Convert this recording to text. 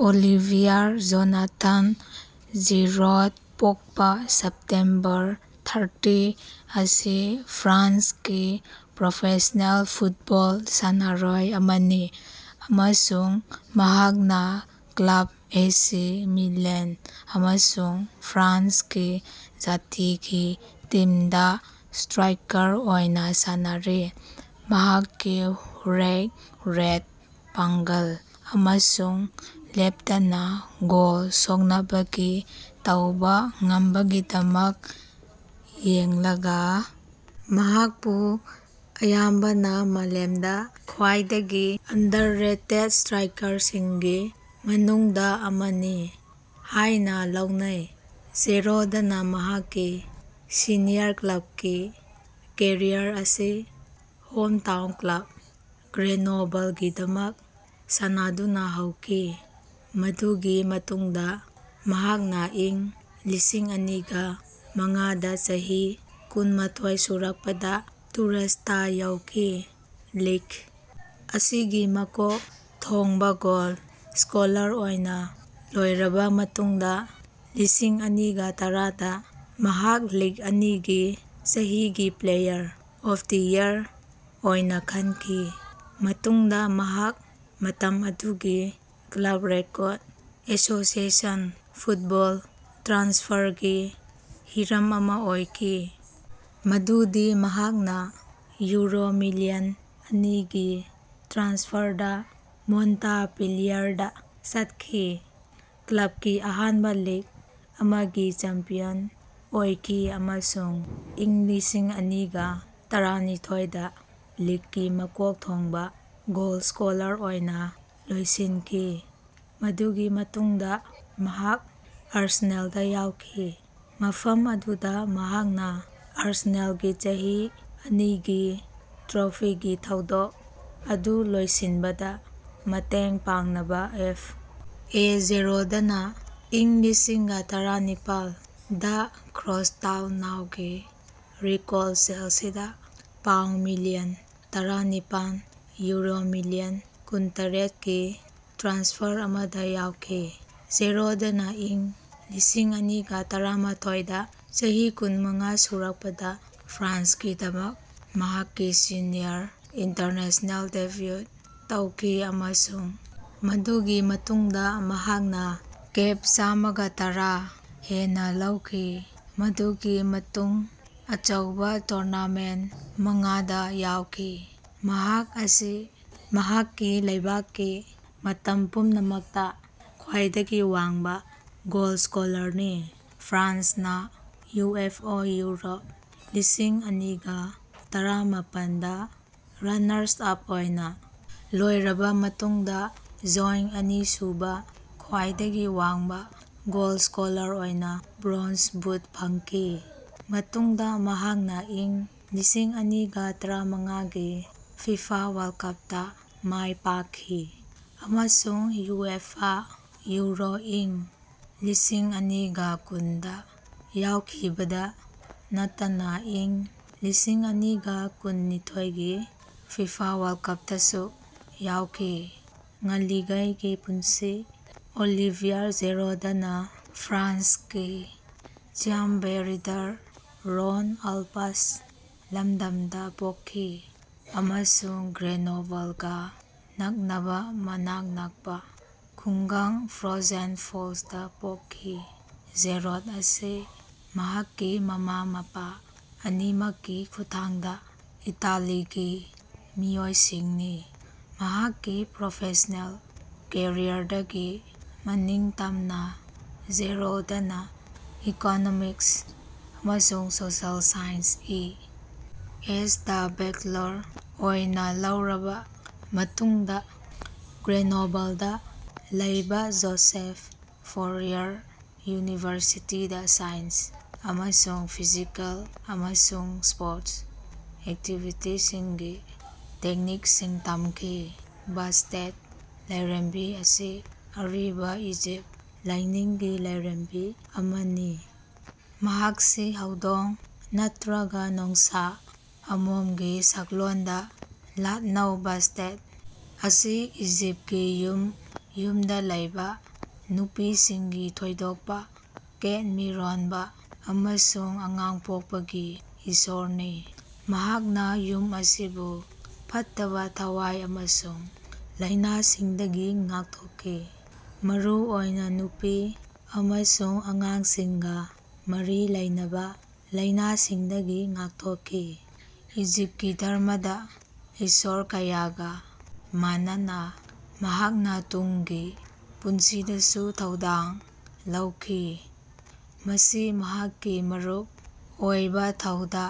Olivier Jonathan Giroud (ꯄꯣꯛꯄꯥ September thirty) ꯑꯁꯤ ꯐ꯭ꯔꯥꯟꯁꯀꯤ ꯄ꯭ꯔꯣꯐꯦꯁ꯭ꯅꯦꯜ ꯐꯨꯠꯕꯣꯜ ꯁꯥꯟꯅꯔꯣꯏ ꯑꯃꯅꯤ ꯑꯃꯁꯨꯡ ꯃꯍꯥꯛꯅꯥ ꯀ꯭ꯂꯕ ꯑꯦꯁꯤ ꯃꯤꯂꯥꯟ ꯑꯃꯁꯨꯡ ꯐ꯭ꯔꯥꯟꯁꯀꯤ ꯖꯥꯇꯤꯒꯤ ꯇꯤꯝꯗꯥ ꯁꯇ꯭ꯔꯥꯏꯀꯔ ꯑꯣꯏꯅꯥ ꯁꯥꯟꯅꯔꯤ꯫ ꯃꯍꯥꯛꯀꯤ ꯋ꯭ꯔꯥꯥꯛ-ꯔꯦꯠ, ꯄꯥꯡꯒꯜ, ꯑꯃꯁꯨꯡ ꯂꯦꯞꯇꯅꯥ ꯒꯣꯜ ꯁꯣꯛꯅꯕꯒꯤ ꯇꯧꯕꯥ ꯉꯝꯕꯒꯤꯗꯃꯛ ꯌꯦꯡꯂꯒꯥ, ꯃꯍꯥꯛꯄꯨ ꯑꯌꯥꯝꯕꯅꯥ ꯃꯥꯂꯦꯝꯗꯥ ꯈ꯭ꯋꯥꯏꯗꯒꯤ ꯑꯟꯗꯔꯔꯦꯇꯦꯗ ꯁꯇ꯭ꯔꯥꯏꯀꯔꯁꯤꯡꯒꯤ ꯃꯅꯨꯡꯗꯥ ꯑꯃꯅꯤ ꯍꯥꯏꯅꯥ ꯂꯧꯅꯩ꯫ ꯖꯤꯔꯣꯗꯅꯥ ꯃꯍꯥꯛꯀꯤ ꯁꯦꯅꯤꯌꯔ ꯀ꯭ꯂꯕꯀꯤ ꯀꯦꯔꯤꯌꯔ ꯑꯁꯤ ꯍꯣꯝꯇꯥꯎꯟ ꯀ꯭ꯂꯕ ꯒ꯭ꯔꯦꯅꯣꯕꯜꯒꯤꯗꯃꯛ ꯁꯥꯟꯅꯗꯨꯅꯥ ꯍꯧꯈꯤ, ꯃꯗꯨꯒꯤ ꯃꯇꯨꯡꯗꯥ ꯃꯍꯥꯛꯅꯥ ꯢꯪ ꯂꯤꯁꯤꯡꯑꯅꯤꯒ ꯃꯉꯥꯗꯥ ꯆꯍꯤ ꯀꯨꯟꯃꯊꯣꯢ ꯁꯨꯔꯛꯄꯗꯥ ꯇꯨꯔꯁꯇꯥ ꯌꯥꯎꯈꯤ꯫ ꯂꯤꯒ ꯑꯁꯤꯒꯤ ꯃꯀꯣꯛ ꯊꯣꯡꯕꯥ ꯒꯣꯜ ꯁ꯭ꯀꯣꯂꯔ ꯑꯣꯏꯅꯥ ꯂꯣꯏꯔꯕꯥ ꯃꯇꯨꯡꯗꯥ ꯢꯪ ꯂꯤꯁꯤꯡꯑꯅꯤꯒ ꯇꯔꯥꯗꯥ ꯃꯍꯥꯛ ꯂꯤꯒ ꯑꯅꯤꯒꯤ ꯆꯍꯤꯒꯤ ꯄ꯭ꯂꯦꯌꯔ ꯑꯣꯐ ꯗ ꯢꯌꯔ ꯑꯣꯏꯅꯥ ꯈꯟꯈꯤ꯫ ꯃꯇꯨꯡꯗꯥ ꯃꯍꯥꯛ ꯃꯇꯝ ꯑꯗꯨꯒꯤ ꯀ꯭ꯂꯕ ꯔꯦꯀꯣꯔꯗ ꯑꯦꯁꯣꯁꯤꯑꯦꯁꯟ ꯐꯨꯠꯕꯣꯜ ꯇ꯭ꯔꯥꯟꯁꯐꯔꯒꯤ ꯍꯤꯔꯝ ꯑꯃꯥ ꯑꯣꯏꯈꯤ ꯃꯗꯨꯗꯤ ꯃꯍꯥꯛꯅꯥ ꯌꯨꯔꯣ ꯃꯤꯂꯤꯌꯟ ꯑꯅꯤꯒꯤ ꯇ꯭ꯔꯥꯟꯁꯐꯔꯗꯥ ꯃꯣꯟꯇꯥꯄꯦꯂꯤꯌꯔꯗꯥ ꯆꯠꯈꯤ, ꯀ꯭ꯂꯕꯀꯤ ꯑꯍꯥꯟꯕꯥ ꯂꯤꯒ ꯑꯃꯒꯤ ꯆꯦꯝꯄꯤꯌꯟ ꯑꯣꯏꯈꯤ ꯑꯃꯁꯨꯡ ꯢꯪ ꯂꯤꯁꯤꯡꯑꯅꯤꯒ ꯇꯔꯥꯅꯤꯊꯣꯢꯗꯥ ꯂꯤꯒꯀꯤ ꯃꯀꯣꯛ ꯊꯣꯡꯕꯥ ꯒꯣꯜꯁ꯭ꯀꯣꯂꯔ ꯑꯣꯏꯅꯥ ꯂꯣꯏꯁꯤꯟꯈꯤ꯫ ꯃꯗꯨꯒꯤ ꯃꯇꯨꯡꯗꯥ ꯃꯍꯥꯛ ꯑꯥꯔꯁꯦꯅꯥꯜꯗꯥ ꯌꯥꯎꯈꯤ, ꯃꯐꯝ ꯑꯗꯨꯗꯥ ꯃꯍꯥꯛꯅꯥ ꯑꯥꯔꯁꯦꯅꯥꯜꯒꯤ ꯆꯍꯤ ꯑꯅꯤꯒꯤ ꯇ꯭ꯔꯣꯐꯤꯒꯤ ꯊꯧꯗꯣꯛ ꯑꯗꯨ ꯂꯣꯏꯁꯤꯟꯕꯗꯥ ꯃꯇꯦꯡ ꯄꯥꯡꯅꯕꯥ ꯑꯦꯐ. ꯑꯦ. ꯖꯤꯔꯣꯗꯅꯥ ꯢꯪ ꯂꯤꯁꯤꯡꯑꯅꯤꯒ ꯇꯔꯥꯅꯤꯄꯥꯜ ꯗꯥ ꯀ꯭ꯔꯣꯁꯇꯥꯎꯅꯒꯤ ꯔꯤꯑꯦꯜ ꯆꯦꯜꯁꯤꯗꯥ ꯄꯥꯎꯟꯗ ꯃꯤꯂꯤꯌꯟ ꯇꯔꯥꯅꯤꯄꯥꯟ (ꯌꯨꯔꯣ ꯃꯤꯂꯤꯌꯟ ꯀꯨꯟ. ꯇꯔꯦꯠ)ꯒꯤ ꯇ꯭ꯔꯥꯟꯁꯐꯔ ꯑꯃꯗꯥ ꯌꯥꯎꯈꯤ꯫ ꯖꯤꯔꯣꯗꯅꯥ ꯢꯪ ꯂꯤꯁꯤꯡꯑꯅꯤꯒ ꯇꯔꯥꯃꯊꯣꯢ ꯗꯥ ꯆꯍꯤ ꯀꯨꯟꯃꯉꯥ ꯁꯨꯔꯛꯄꯗꯥ ꯐ꯭ꯔꯥꯟꯁꯀꯤꯗꯃꯛ ꯃꯍꯥꯛꯀꯤ ꯁꯦꯅꯤꯌꯔ ꯏꯟꯇꯔꯅꯦꯁ꯭ꯅꯦꯜ ꯗꯦꯕ꯭ꯌꯨ ꯇꯧꯈꯤ, ꯑꯃꯁꯨꯡ ꯃꯗꯨꯒꯤ ꯃꯇꯨꯡꯗꯥ ꯃꯍꯥꯛꯅꯥ ꯀꯦꯞ ꯆꯥꯃꯒꯇꯔꯥ ꯍꯦꯟꯅꯥ ꯂꯧꯈꯤ, ꯃꯗꯨꯒꯤ ꯃꯅꯨꯡꯗꯥ ꯑꯆꯧꯕꯥ ꯇꯨꯔꯅꯥꯃꯦꯟꯇ ꯃꯉꯥꯗꯥ ꯌꯥꯎꯈꯤ꯫ ꯃꯍꯥꯛ ꯑꯁꯤ ꯃꯍꯥꯛꯀꯤ ꯂꯩꯕꯥꯛꯀꯤ ꯃꯇꯝ ꯄꯨꯝꯅꯃꯛꯇꯥ ꯈ꯭ꯋꯥꯏꯗꯒꯤ ꯋꯥꯡꯕꯥ ꯒꯣꯜ ꯁ꯭ꯀꯣꯂꯔꯅꯤ, ꯐ꯭ꯔꯥꯟꯁꯅꯥ ꯌꯨꯑꯦꯐꯑꯦ ꯌꯨꯔꯣ ꯢꯪ ꯂꯤꯁꯤꯡꯑꯅꯤꯒ ꯇꯔꯥꯃꯄꯟ ꯗ ꯔꯅꯥꯔꯁ ꯑꯞ ꯑꯣꯏꯅꯥ ꯂꯣꯏꯔꯕꯥ ꯃꯇꯨꯡꯗꯥ ꯖꯣꯏꯟꯇ ꯑꯅꯤꯁꯨꯕꯥ ꯈ꯭ꯋꯥꯏꯗꯒꯤ ꯋꯥꯡꯕꯥ ꯒꯣꯜꯁ꯭ꯀꯣꯂꯔ ꯑꯣꯏꯅꯥ ꯕ꯭ꯔꯣꯟꯖ ꯕꯨꯠ ꯐꯪꯈꯤ꯫ ꯃꯇꯨꯡꯗꯥ ꯃꯍꯥꯛꯅꯥ ꯢꯪ ꯂꯤꯁꯤꯡꯑꯅꯤꯒ ꯇꯔꯥꯃꯉꯥꯒꯤ ꯐꯤꯐꯥ ꯋꯥꯔꯜꯗ ꯀꯞꯇꯥ ꯃꯥꯏꯄꯥꯛꯈꯤ, ꯑꯃꯁꯨꯡ ꯌꯨꯑꯦꯐꯥ ꯌꯨꯔꯣ ꯢꯪ ꯂꯤꯁꯤꯡꯑꯅꯤꯒ ꯀꯨꯟꯗꯥ ꯌꯥꯎꯈꯤꯕꯇꯥ ꯅꯠꯇꯅꯥ ꯢꯪ ꯂꯤꯁꯤꯡꯑꯅꯤꯒ ꯀꯨꯟꯅꯤꯊꯣꯢꯒꯤ ꯐꯤꯐꯥ ꯋꯥꯔꯜꯗ ꯀꯄꯇꯥꯁꯨ ꯌꯥꯎꯈꯤ꯫ ꯉꯜꯂꯤꯉꯩꯒꯤ ꯄꯨꯟꯁꯤ ꯑꯣꯂꯤꯚꯤꯌꯥꯔ ꯖꯤꯔꯣꯗꯅꯥ ꯐ꯭ꯔꯥꯟꯁꯀꯤ ꯆ꯭ꯌꯥꯝꯕꯦꯔꯤꯗꯥ ꯔꯣꯟ ꯑꯥꯜꯄꯁ ꯂꯝꯗꯝꯗꯥ ꯄꯣꯛꯈꯤ ꯑꯃꯁꯨꯡ ꯒ꯭ꯔꯦꯅꯣꯕꯜꯒꯥ ꯅꯛꯅꯕꯥ ꯃꯅꯥꯛ ꯅꯛꯄꯥ ꯈꯨꯡꯒꯪ ꯐ꯭ꯔꯣꯖꯦꯁꯇꯥ ꯄꯣꯛꯈꯤ꯫ ꯖꯤꯔꯣꯗ ꯑꯁꯤ ꯃꯍꯥꯛꯀꯤ ꯃꯃꯥ-ꯃꯄꯥ ꯑꯅꯤꯃꯛꯀꯤ ꯈꯨꯠꯊꯥꯡꯗꯥ ꯏꯇꯥꯂꯤꯒꯤ ꯃꯤꯑꯣꯏꯁꯤꯡꯅꯤ꯫ ꯃꯍꯥꯛꯀꯤ ꯄ꯭ꯔꯣꯐꯦꯁ꯭ꯅꯦꯜ ꯀꯦꯔꯤꯌꯔꯗꯒꯤ ꯃꯅꯤꯡꯇꯝꯅꯥ, ꯖꯤꯔꯧꯗꯅꯥ ꯏꯀꯣꯅꯣꯃꯤꯛꯁ ꯑꯃꯁꯨꯡ ꯁꯣꯁꯤꯑꯦꯜ ꯁꯥꯏꯟꯁ (ꯏ. ꯑꯦꯁ.)ꯗꯥ ꯕꯦꯛꯂꯔ ꯑꯣꯏꯅꯥ ꯂꯧꯔꯕꯥ ꯃꯇꯨꯡꯗꯥ, ꯒ꯭ꯔꯦꯅꯣꯕꯜꯗꯥ ꯂꯩꯕꯥ ꯖꯣꯁꯦꯐ ꯐꯣꯔꯤꯌꯔ ꯌꯨꯅꯤꯚꯔꯁꯤꯇꯤꯗꯥ ꯁꯥꯏꯟꯁ ꯑꯃꯁꯨꯡ ꯐꯤꯖꯤꯀꯦꯜ ꯑꯃꯁꯨꯡ ꯁ꯭ꯄꯣꯔꯇ ꯑꯦꯛꯇꯤꯕꯤꯇꯤꯁꯤꯡꯒꯤ ꯇꯦꯛꯅꯤꯛꯁꯤꯡ ꯇꯝꯈꯤ꯫ ꯕꯥꯁꯇꯦꯠ, ꯂꯥꯢꯔꯦꯝꯕꯤ ꯑꯁꯤ ꯑꯔꯤꯕ ꯏꯖꯤꯞ ꯂꯥꯢꯅꯤꯡꯒꯤ ꯂꯥꯢꯔꯦꯝꯕꯤ ꯑꯃꯅꯤ꯫ ꯃꯍꯥꯛꯁꯤ ꯍꯧꯗꯣꯡ ꯅꯠꯇ꯭ꯔꯒ ꯅꯣꯡꯁꯥ ꯑꯃꯣꯝꯒꯤ ꯁꯛꯂꯣꯟꯗ ꯂꯥꯠꯅꯩ꯫ ꯕꯥꯁꯇꯦꯠ ꯑꯁꯤ ꯏꯖꯤꯞꯇꯀꯤ ꯌꯨꯝ ꯌꯨꯝꯗꯥ ꯂꯩꯕꯥ, ꯅꯨꯄꯤꯁꯤꯡꯒꯤ ꯊꯣꯏꯗꯣꯛꯄꯥ, ꯀꯦꯠ ꯃꯤꯔꯣꯟꯕꯥ ꯑꯃꯁꯨꯡ ꯑꯉꯥꯡ ꯄꯣꯛꯄꯒꯤ ꯏꯁꯣꯔꯅꯤ꯫ ꯃꯍꯥꯛꯅꯥ ꯌꯨꯝ ꯑꯁꯤꯕꯨ ꯐꯠꯇꯕꯥ ꯊꯋꯥꯢ ꯑꯃꯁꯨꯡ ꯂꯥꯢꯅꯥꯁꯤꯡꯗꯒꯤ ꯉꯥꯛꯊꯣꯛꯈꯤ, ꯃꯔꯨꯑꯣꯏꯅꯥ ꯅꯨꯄꯤ ꯑꯃꯁꯨꯡ ꯑꯉꯥꯡꯁꯤꯡꯒꯥ ꯃꯔꯤ ꯂꯩꯅꯕꯥ ꯂꯥꯢꯅꯥꯁꯤꯡꯗꯒꯤ ꯉꯥꯛꯊꯣꯛꯈꯤ꯫ ꯏꯖꯤꯞꯇꯀꯤ ꯙꯔꯝꯃꯗꯥ ꯏꯁꯣꯔ ꯀꯌꯥꯒꯥ ꯃꯥꯟꯅꯅꯥ, ꯃꯍꯥꯛꯅꯥ ꯇꯨꯡꯒꯤ ꯄꯨꯟꯁꯤꯗꯁꯨ ꯊꯧꯗꯥꯡ ꯂꯧꯈꯤ꯫ ꯃꯁꯤ ꯃꯍꯥꯛꯀꯤ ꯃꯔꯨꯑꯣꯏꯕꯥ ꯊꯧꯗꯥ꯫